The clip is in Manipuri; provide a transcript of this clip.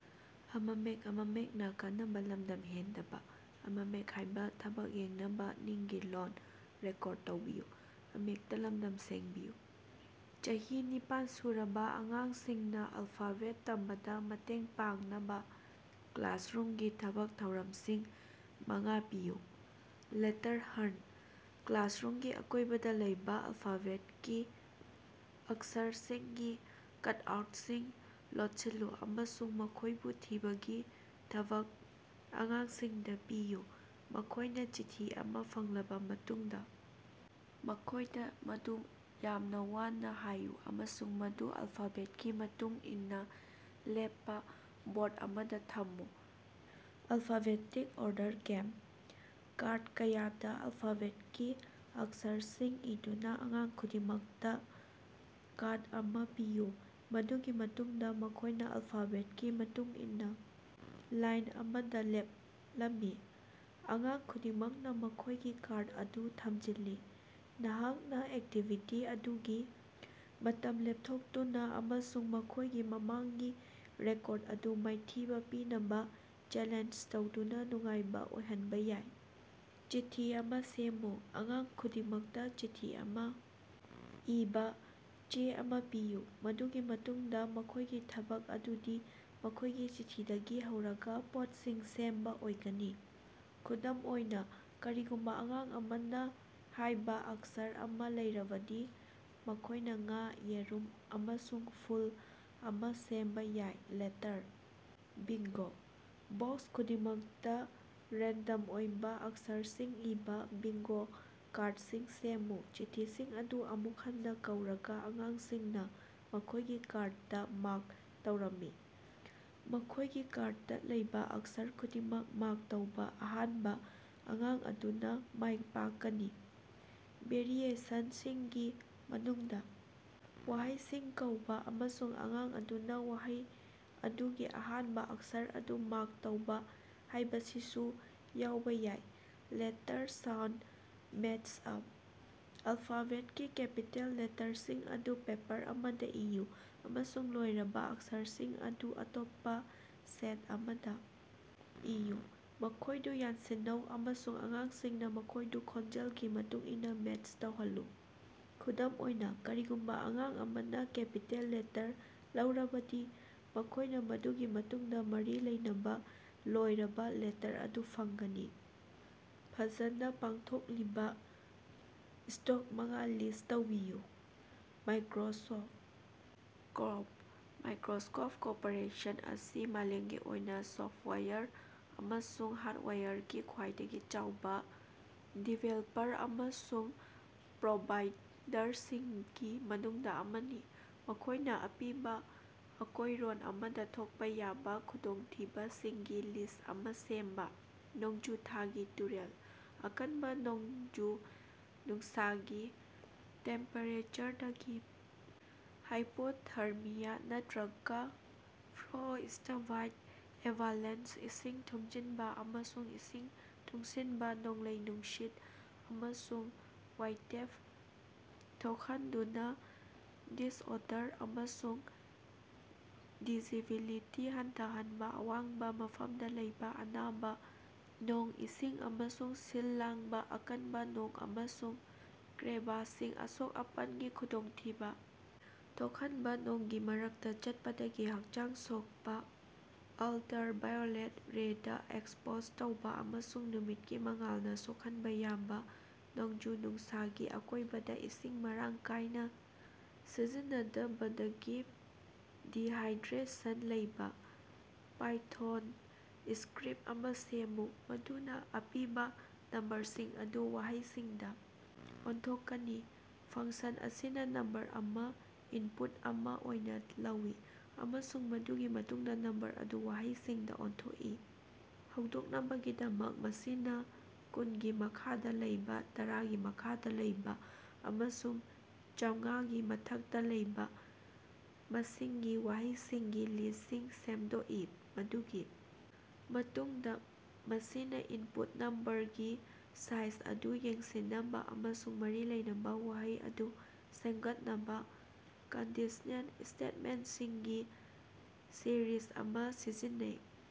ꯆꯍꯤ ꯅꯤꯄꯥꯟ ꯁꯨꯔꯕꯥ ꯑꯉꯥꯡꯁꯤꯡꯅ ꯑꯜꯐꯥꯕꯦꯠ ꯇꯝꯕꯗ ꯃꯇꯦꯡ ꯄꯥꯡꯅꯕ ꯀ꯭ꯂꯥꯁꯔꯨꯝꯒꯤ ꯊꯕꯛ ꯊꯧꯔꯝꯁꯤꯡ ꯃꯉꯥ ꯄꯤꯌꯨ꯫ ꯂꯦꯇꯔ ꯍꯟꯇ: ꯀ꯭ꯂꯥꯁꯔꯨꯝꯒꯤ ꯑꯀꯣꯏꯕꯗ ꯂꯩꯕ ꯑꯜꯐꯥꯕꯦꯠꯀꯤ ꯑꯛꯁꯔꯁꯤꯡꯒꯤ ꯀꯠꯑꯥꯎꯠꯁꯤꯡ ꯂꯣꯠꯁꯤꯜꯂꯨ ꯑꯃꯁꯨꯡ ꯃꯈꯣꯏꯕꯨ ꯊꯤꯕꯒꯤ ꯊꯕꯛ ꯑꯉꯥꯡꯁꯤꯡꯗ ꯄꯤꯌꯨ꯫ ꯃꯈꯣꯏꯅꯥ ꯆꯤꯊꯤ ꯑꯃꯥ ꯐꯪꯂꯕ ꯃꯇꯨꯡꯗ, ꯃꯈꯣꯏꯗ ꯃꯗꯨ ꯌꯥꯝꯅ ꯋꯥꯅ ꯍꯥꯏꯌꯨ ꯑꯃꯁꯨꯡ ꯃꯗꯨ ꯑꯜꯐꯥꯕꯦꯠꯀꯤ ꯃꯇꯨꯡ ꯏꯟꯅꯥ ꯂꯦꯞꯄꯥ ꯕꯣꯔꯗ ꯑꯃꯗ ꯊꯝꯃꯨ꯫ ꯑꯜꯐꯥꯕꯦꯇꯤꯛ ꯑꯣꯔꯗꯔ ꯒꯦꯝ: ꯀꯥꯔꯗ ꯀꯌꯥꯗ ꯑꯜꯐꯥꯕꯦꯠꯀꯤ ꯑꯛꯁꯔꯁꯤꯡ ꯏꯗꯨꯅ ꯑꯉꯥꯡ ꯈꯨꯗꯤꯡꯃꯛꯇ ꯀꯥꯔꯗ ꯑꯃꯥ ꯄꯤꯌꯨ꯫ ꯃꯗꯨꯒꯤ ꯃꯇꯨꯡꯗꯥ ꯃꯈꯣꯏꯅꯥ ꯑꯜꯐꯥꯕꯦꯠꯀꯤ ꯃꯇꯨꯡ ꯏꯟꯅꯥ ꯂꯥꯏꯟ ꯑꯃꯗ ꯂꯦꯞꯂꯝꯃꯤ, ꯑꯉꯥꯡ ꯈꯨꯗꯤꯡꯃꯛꯅ ꯃꯈꯣꯏꯒꯤ ꯀꯥꯔꯗ ꯑꯗꯨ ꯊꯝꯖꯤꯜꯂꯤ꯫ ꯅꯍꯥꯛꯅꯥ ꯑꯦꯛꯇꯤꯕꯤꯇꯤ ꯑꯗꯨꯒꯤ ꯃꯇꯝ ꯂꯦꯞꯊꯣꯛꯇꯨꯅ ꯑꯃꯁꯨꯡ ꯃꯈꯣꯏꯒꯤ ꯃꯃꯥꯡꯒꯤ ꯔꯦꯀꯣꯔꯗ ꯑꯗꯨ ꯃꯥꯏꯊꯤꯕ ꯄꯤꯅꯕꯥ ꯆꯦꯂꯦꯟꯖ ꯇꯧꯗꯨꯅ ꯅꯨꯡꯉꯥꯏꯕ ꯑꯣꯏꯍꯟꯕ ꯌꯥꯏ꯫ ꯆꯤꯊꯤ ꯑꯗꯨ ꯁꯦꯝꯃꯨ: ꯑꯉꯥꯡ ꯈꯨꯗꯤꯡꯃꯛꯇ ꯆꯤꯊꯤ ꯑꯃꯥ ꯏꯕꯥ ꯆꯦ ꯑꯃꯥ ꯄꯤꯌꯨ꯫ ꯃꯗꯨꯒꯤ ꯃꯇꯨꯡꯗ ꯃꯈꯣꯏꯒꯤ ꯊꯕꯛ ꯑꯗꯨꯗꯤ ꯃꯈꯣꯏꯒꯤ ꯆꯤꯊꯤꯗꯒꯤ ꯍꯧꯔꯒ ꯄꯣꯠꯁꯤꯡ ꯁꯦꯝꯕ ꯑꯣꯏꯒꯅꯤ꯫ ꯈꯨꯗꯝ ꯑꯣꯏꯅ, ꯀꯔꯤꯒꯨꯝꯕ ꯑꯉꯥꯡ ꯑꯃꯅ ꯍꯥꯏꯕ ꯑꯛꯁꯔ ꯑꯃꯥ ꯂꯩꯔꯕꯗꯤ ꯃꯈꯣꯏꯅ ꯉꯥ, ꯌꯦꯔꯨꯝ ꯑꯃꯁꯨꯡ ꯐꯨꯜ ꯑꯃꯥ ꯁꯦꯝꯕꯥ ꯌꯥꯏ꯫ ꯂꯦꯇꯔ ꯕꯤꯡꯒꯣ: ꯕꯣꯛꯁ ꯈꯨꯗꯤꯡꯃꯛꯇ ꯔꯦꯟꯗꯝ ꯑꯣꯏꯕ ꯑꯛꯁꯔꯁꯤꯡ ꯏꯕꯥ ꯕꯤꯡꯒꯣ ꯀꯥꯔꯗꯁꯤꯡ ꯁꯦꯝꯃꯨ꯫ ꯆꯤꯊꯤꯁꯤꯡ ꯑꯗꯨ ꯑꯃꯨꯛ ꯍꯟꯅ ꯀꯧꯔꯒ ꯑꯉꯥꯡꯁꯤꯡꯅ ꯃꯈꯣꯏꯒꯤ ꯀꯥꯔꯗꯇꯥ ꯃꯥꯔꯛ ꯇꯧꯔꯝꯃꯤ꯫ ꯃꯈꯣꯏꯒꯤ ꯀꯥꯔꯗꯇꯥ ꯂꯩꯕ ꯑꯛꯁꯔ ꯄꯨꯝꯅꯃꯛ ꯃꯥꯔꯛ ꯇꯧꯕ ꯑꯍꯥꯟꯕ ꯑꯉꯥꯡ ꯑꯗꯨꯅ ꯃꯥꯏꯄꯥꯛꯀꯅꯤ꯫ ꯚꯦꯔꯤꯑꯦꯁꯟꯁꯤꯡꯒꯤ ꯃꯅꯨꯡꯗ ꯋꯥꯍꯩꯁꯤꯡ ꯀꯧꯕ, ꯑꯃꯁꯨꯡ ꯑꯉꯥꯡ ꯑꯗꯨꯅ ꯋꯥꯍꯩ ꯑꯗꯨꯒꯤ ꯑꯍꯥꯟꯕ ꯑꯛꯁꯔ ꯑꯗꯨ ꯃꯥꯔꯛ ꯇꯧꯕ ꯍꯥꯏꯕꯁꯤꯁꯨ ꯌꯥꯎꯕ ꯌꯥꯏ꯫ ꯂꯦꯇꯔ ꯁꯥꯎꯟꯗ ꯃꯦꯆ ꯑꯞ: ꯑꯜꯐꯥꯕꯦꯠꯀꯤ ꯀꯦꯄꯤꯇꯦꯜ ꯂꯦꯇꯔꯁꯤꯡ ꯑꯗꯨ ꯄꯦꯄꯔ ꯑꯃꯗꯥ ꯏꯌꯨ, ꯑꯃꯁꯨꯡ ꯂꯣꯏꯔꯕ ꯑꯛꯁꯔꯁꯤꯡ ꯑꯗꯨ ꯑꯇꯣꯞꯄ ꯁꯦꯠ ꯑꯃꯗꯥ ꯏꯌꯨ꯫ ꯃꯈꯣꯏꯗꯨ ꯌꯥꯟꯁꯤꯟꯅꯧ ꯑꯃꯁꯨꯡ ꯑꯉꯥꯡꯁꯤꯡꯅ ꯃꯈꯣꯏꯗꯨ ꯈꯣꯟꯖꯦꯜꯒꯤ ꯃꯇꯨꯡꯏꯟꯅ ꯃꯦꯆ ꯇꯧꯍꯜꯂꯨ꯫ ꯈꯨꯗꯝ ꯑꯣꯏꯅ, ꯀꯔꯤꯒꯨꯝꯕ ꯑꯉꯥꯡ ꯑꯃꯅ ꯀꯦꯄꯤꯇꯦꯜ ꯂꯦꯇꯔ ꯂꯧꯔꯕꯗꯤ, ꯃꯈꯣꯏꯅꯥ ꯃꯗꯨꯒꯤ ꯃꯇꯨꯡꯗ ꯃꯔꯤ ꯂꯩꯅꯕ ꯂꯣꯏꯔꯕ ꯂꯦꯇꯔ ꯑꯗꯨ ꯐꯪꯒꯅꯤ꯫ ꯐꯖꯅꯥ ꯄꯥꯡꯊꯣꯛꯂꯤꯕ ꯁ꯭ꯇꯣꯛ ꯃꯉꯥ ꯂꯤꯁ꯭ꯠ ꯇꯧꯕꯤꯌꯨ꯫ꯃꯥꯏꯀꯔꯣꯁꯣꯐ ꯀꯣꯔꯞ: ꯃꯥꯏꯀꯔꯣꯁꯣꯐ ꯀꯣꯔꯄꯣꯔꯦꯁꯟ ꯑꯁꯤ ꯃꯥꯂꯦꯝꯒꯤ ꯑꯣꯏꯅ ꯁꯣꯐꯋꯥꯌꯔ ꯑꯃꯁꯨꯡ ꯍꯥꯔꯗꯋꯥꯌꯔꯒꯤ ꯈ꯭ꯋꯥꯏꯗꯒꯤ ꯆꯥꯎꯕ ꯗꯤꯚꯦꯜꯄꯔ ꯑꯃꯁꯨꯡ ꯄ꯭ꯔꯣꯚꯥꯏꯗꯔꯁꯤꯡꯒꯤ ꯃꯅꯨꯡꯗ ꯑꯃꯅꯤ꯫ ꯃꯈꯣꯏꯅꯥ ꯑꯄꯤꯕꯥ ꯑꯀꯣꯏꯔꯣꯟ ꯑꯃꯗ ꯊꯣꯛꯄꯥ ꯌꯥꯕ ꯈꯨꯗꯣꯡꯊꯤꯕꯁꯤꯡꯒꯤ ꯂꯤꯁ꯭ꯠ ꯑꯃꯥ ꯁꯦꯝꯕꯥ꯫ ꯅꯣꯡꯖꯨ ꯊꯥꯒꯤ ꯇꯨꯔꯦꯜ꯫ ꯑꯀꯟꯕꯥ ꯅꯣꯡꯖꯨ ꯅꯨꯡꯁꯥꯒꯤ ꯇꯦꯝꯄꯦꯔꯦꯆꯔꯗꯒꯤ ꯍꯥꯏꯄꯣꯊꯥꯔꯃꯤꯌꯥ ꯅꯠꯇꯔꯒ ꯐ꯭ꯔꯣꯁ꯭ꯇꯕꯥꯏꯠ ꯑꯦꯚꯥꯂꯦꯟꯁ ꯏꯁꯤꯡ ꯊꯨꯝꯖꯤꯟꯕꯥ ꯑꯃꯁꯨꯡ ꯏꯁꯤꯡ ꯇꯨꯡꯁꯤꯟꯕ ꯅꯣꯡꯂꯩ ꯅꯨꯡꯁꯤꯠ ꯑꯃꯁꯨꯡ ꯋꯥꯏꯇꯦꯞ ꯊꯣꯛꯍꯟꯗꯨꯅ ꯗꯤꯁꯑꯣꯔꯗꯔ ꯑꯃꯁꯨꯡ ꯚꯤꯖꯤꯕꯤꯂꯤꯇꯤ ꯍꯟꯊꯍꯟꯕ ꯑꯋꯥꯡꯕ ꯃꯐꯝꯗ ꯂꯩꯕ ꯑꯅꯥꯕ ꯅꯣꯡ, ꯏꯁꯤꯡ, ꯑꯃꯁꯨꯡ ꯁꯤꯜ ꯂꯥꯡꯕ ꯑꯀꯟꯕꯥ ꯅꯣꯡ ꯑꯃꯁꯨꯡ ꯀ꯭ꯔꯦꯚꯥꯁꯁꯤꯡ꯫ ꯑꯁꯣꯛ-ꯑꯄꯟꯒꯤ ꯈꯨꯗꯣꯡꯊꯤꯕ ꯊꯣꯛꯍꯟꯕꯥ ꯅꯣꯡꯒꯤ ꯃꯔꯛꯇ ꯆꯠꯄꯗꯒꯤ ꯍꯛꯆꯥꯡ ꯁꯣꯛꯄꯥ ꯑꯜꯇꯔꯥꯚꯥꯏꯑꯣꯂꯦꯠ ꯔꯦꯗꯥ ꯑꯦꯛꯁꯄꯣꯖ ꯇꯧꯕꯥ ꯑꯃꯁꯨꯡ ꯅꯨꯃꯤꯠꯀꯤ ꯃꯉꯥꯜꯅ ꯁꯣꯛꯍꯟꯕ ꯌꯥꯕ ꯅꯣꯡꯖꯨ ꯅꯨꯡꯁꯥꯒꯤ ꯑꯀꯣꯏꯕꯗ ꯏꯁꯤꯡ ꯃꯔꯥꯡ ꯀꯥꯏꯅ ꯁꯤꯖꯤꯟꯅꯗꯕꯗꯒꯤ ꯗꯤꯍꯥꯏꯗ꯭ꯔꯦꯁꯟ ꯂꯩꯕꯥ꯫ ꯄꯥꯏꯊꯣꯟꯗ ꯁ꯭ꯀꯔꯤꯞ ꯑꯃꯥ ꯁꯦꯝꯃꯨ ꯃꯗꯨꯅ ꯑꯄꯤꯕ ꯅꯝꯕꯔꯁꯤꯡ ꯑꯗꯨ ꯋꯥꯍꯩꯁꯤꯡꯗ ꯑꯣꯟꯊꯣꯛꯀꯅꯤ꯫ ꯐꯪꯁꯟ ꯑꯁꯤꯅ ꯅꯝꯕꯔ ꯑꯃꯥ ꯏꯟꯄꯨꯠ ꯑꯃꯥ ꯑꯣꯏꯅ ꯂꯧꯏ, ꯑꯃꯁꯨꯡ ꯃꯗꯨꯒꯤ ꯃꯇꯨꯡꯗ ꯅꯝꯕꯔ ꯑꯗꯨ ꯋꯥꯍꯩꯁꯤꯡꯗ ꯑꯣꯟꯊꯣꯛꯏ꯫ ꯍꯧꯗꯣꯛꯅꯕꯒꯤꯗꯃꯛ, ꯃꯁꯤꯅꯥ ꯀꯨꯟꯒꯤ ꯃꯈꯥꯗ ꯂꯩꯕꯥ, ꯇꯔꯥꯒꯤ ꯃꯈꯥꯗ ꯂꯩꯕꯥ, ꯑꯃꯁꯨꯡ ꯆꯥꯝꯉꯥꯒꯤ ꯃꯊꯛꯇ ꯂꯩꯕꯥ ꯃꯁꯤꯡꯒꯤ ꯋꯥꯍꯩꯁꯤꯡꯒꯤ ꯂꯤꯁ꯭ꯠꯁꯤꯡ ꯁꯦꯝꯗꯣꯛꯏ, ꯃꯗꯨꯒꯤ ꯃꯇꯨꯡꯗ ꯃꯁꯤꯅꯥ ꯏꯟꯄꯨꯠ ꯅꯝꯕꯔꯒꯤ ꯁꯥꯏꯖ ꯑꯗꯨ ꯌꯦꯡꯁꯤꯟꯅꯕꯥ ꯑꯃꯁꯨꯡ ꯃꯔꯤ ꯂꯩꯅꯕ ꯋꯥꯍꯩ ꯑꯗꯨ ꯁꯦꯝꯒꯠꯅꯕꯥ ꯀꯟꯗꯤꯁꯅꯦꯜ ꯁ꯭ꯇꯦꯠꯃꯦꯟꯠꯁꯤꯡꯒꯤ ꯁꯤꯔꯤꯖ ꯑꯃꯥ ꯁꯤꯖꯤꯟꯅꯩ꯫